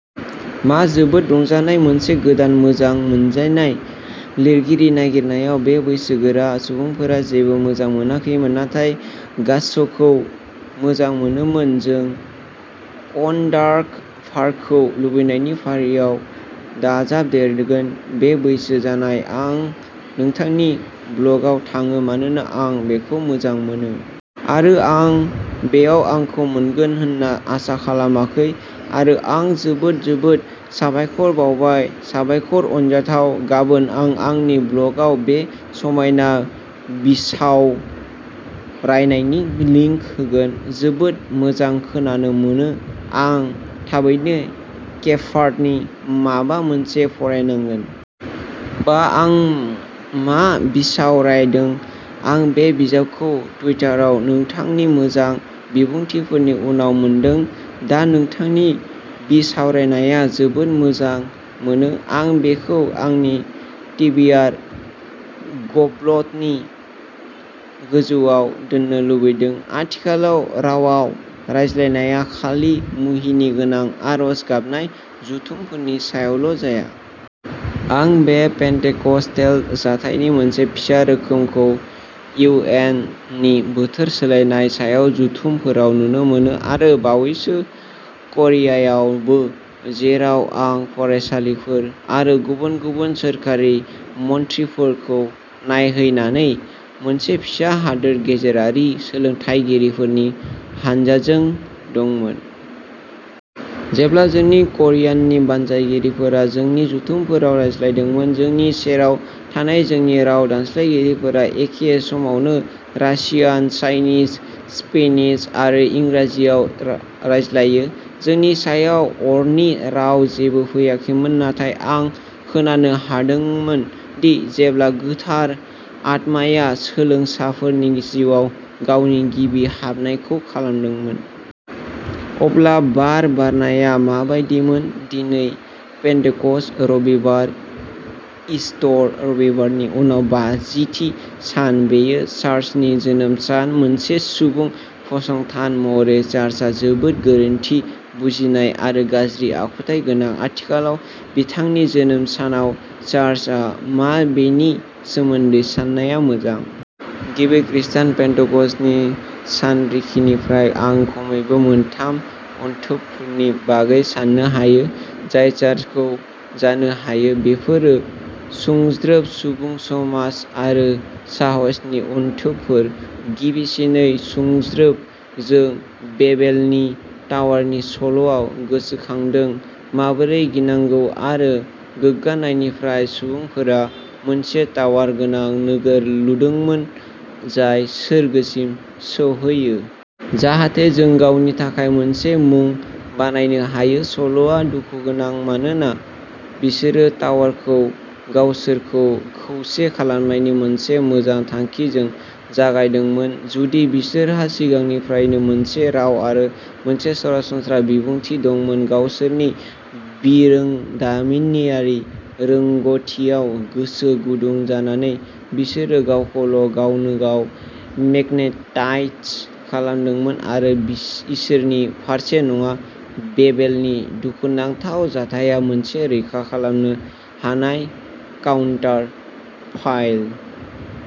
मा जोबोद रंजानाय मोनसे गोदान मोजां मोनजायनाय लिरगिरि नागिरनायाव। बे बैसोगोरा सुबुंफोरा जेबो मोजां मोनाखैमोन। नाथाय गास्सखौ मोजां मोनोमोन। जों अनडारकभारखौ लुबैनायनि फारियाव दाजाबदेरगोन। बे बैसो जानाय आं नोंथांनि ब्लगआव थाङो मानोना आं बेखौ मोजां मोनो। आरो आं बेयाव आंखौ मोनगोन होनना आसा खालामाखै। आरो आं जोबोद जोबोद साबायखर बावबाय। साबायखर अनजाथाव। गाबोन आं आंनि ब्लगआव बे समायना बिसावरायनायनि लिंक होगोन। जोबोद मोजां खोनानो मोनो। आं थाबैनो केफार्टनि माबा मोनसे फरायनांगोन। बाह आं मा बिसावरायदों। आं बे बिजाबखौ टुइटाराव नोंथांनि मोजां बिबुंथिफोरनि उनाव मोनदों। दा नोंथांनि बिसावरायनाया जोबोद मोजां मोनो। आं बेखौ आंनि टिबिआर गब्लदनि गोजौआव दोननो लुबैदों। आथिखालाव रावाव रायज्लायनाया खालि मुहिनिगोनां आरज गाबनाय जथुमफोरनि समावल' जाया। आं बे पेन्टेकस्टेल जाथायनि मोनसे फिसा रोखोमखौ इउ एन नि बोथोर सोलायनाय सायाव जथुमफोराव नुनो मोनो। आरो बावैसो करियायावबो जेराव आं फरायसालिफोर आरो गुबुन गुबुन सोरखारि मन्थ्रिफोरखौ नायहैनानै मोनसे फिसा हादोर गेजेरारि सोलोंथायगिरिफोरनि हानजाजों दंमोन। जेब्ला जोंनि क'रियाननि बानजायगिरिफोरा जोंनि जथुमफोराव रायज्लायदोंमोन। जोंनि सेराव थानाय जोंनि राव दानस्लायगिरिफोरा एखे समावनो रासियान, चाइनिज, स्पेनिश आरो इंराजियाव रा रायज्लायो। जोंनि सायाव अरनि राव जेबो फैयाखैमोन। नाथाय आं खोनानो हादोंमोन दि जेब्ला गोथार आत्माया सोलोंसाफोरनि जिउआव गावनि गिबि हाबनायखौ खालामदोंमोन। अब्ला बार बारनाया माबायदिमोन। दिनै पेन्टेकस्ट रबिबार, ईस्टर रबिबारनि उनाव बाजिथि सान। बेयो चार्चनि जोनोम सान। मोनसे सुबुं फसंथान महरै चार्चआ जोबोद गोरोन्थि बुजिनाय आरो गाज्रि आखुथाय गोनां। आथिखालाव। बिथांनि जोनोम सानाव चार्चआ मा बेनि सोमोन्दै साननाया मोजां। गिबि खृस्टान पेन्टेक'स्टनि सानरिखिनिफ्राय आं खमैबो मोनथाम अनथोबफोरनि बागै साननो हायो जाय चार्चखौ जानो हायो। बेफोरो सुंज्रोब सुबुं समाज आरो साहसनि अनथोबफोर। गिबिसिनै सुंज्रोब। जों बेबेलनि टावारनि सल'आव गोसोखांदों माबोरै गिनांगौ आरो गोग्गानायनिफ्राय सुबुंफोरा मोनसे टावार गोनां नोगोर लुदोंमोन जाय सोरगोसिम सौहैयो। जाहाथे जों गावनि थाखाय मोनसे मुं बानायनो हायो। सल'आ दुखुगोनां मानोना बिसोरो टावारखौ गावसोरखौ खौसे खालामनायनि मोनसे मोजां थांखिजों जागायदोंमोन। जुदि बिसोरहा सिगांनिफ्रायनो मोनसे राव आरो मोनसे सरासनस्रा बिबुंथि दंमोन। गावसोरनि बिरोंदामिनारि रोंग'थियाव गोसो गुदुं जानानै बिसोरो गावखौल' गावनोगाव मेगनेटाइज खालामदोंमोन आरो बिस इसोरनि फारसे नङा। बेबेलनि दुखुनांथाव जाथाया मोनसे रैखा खालामनो हानाय काउन्टार फायल।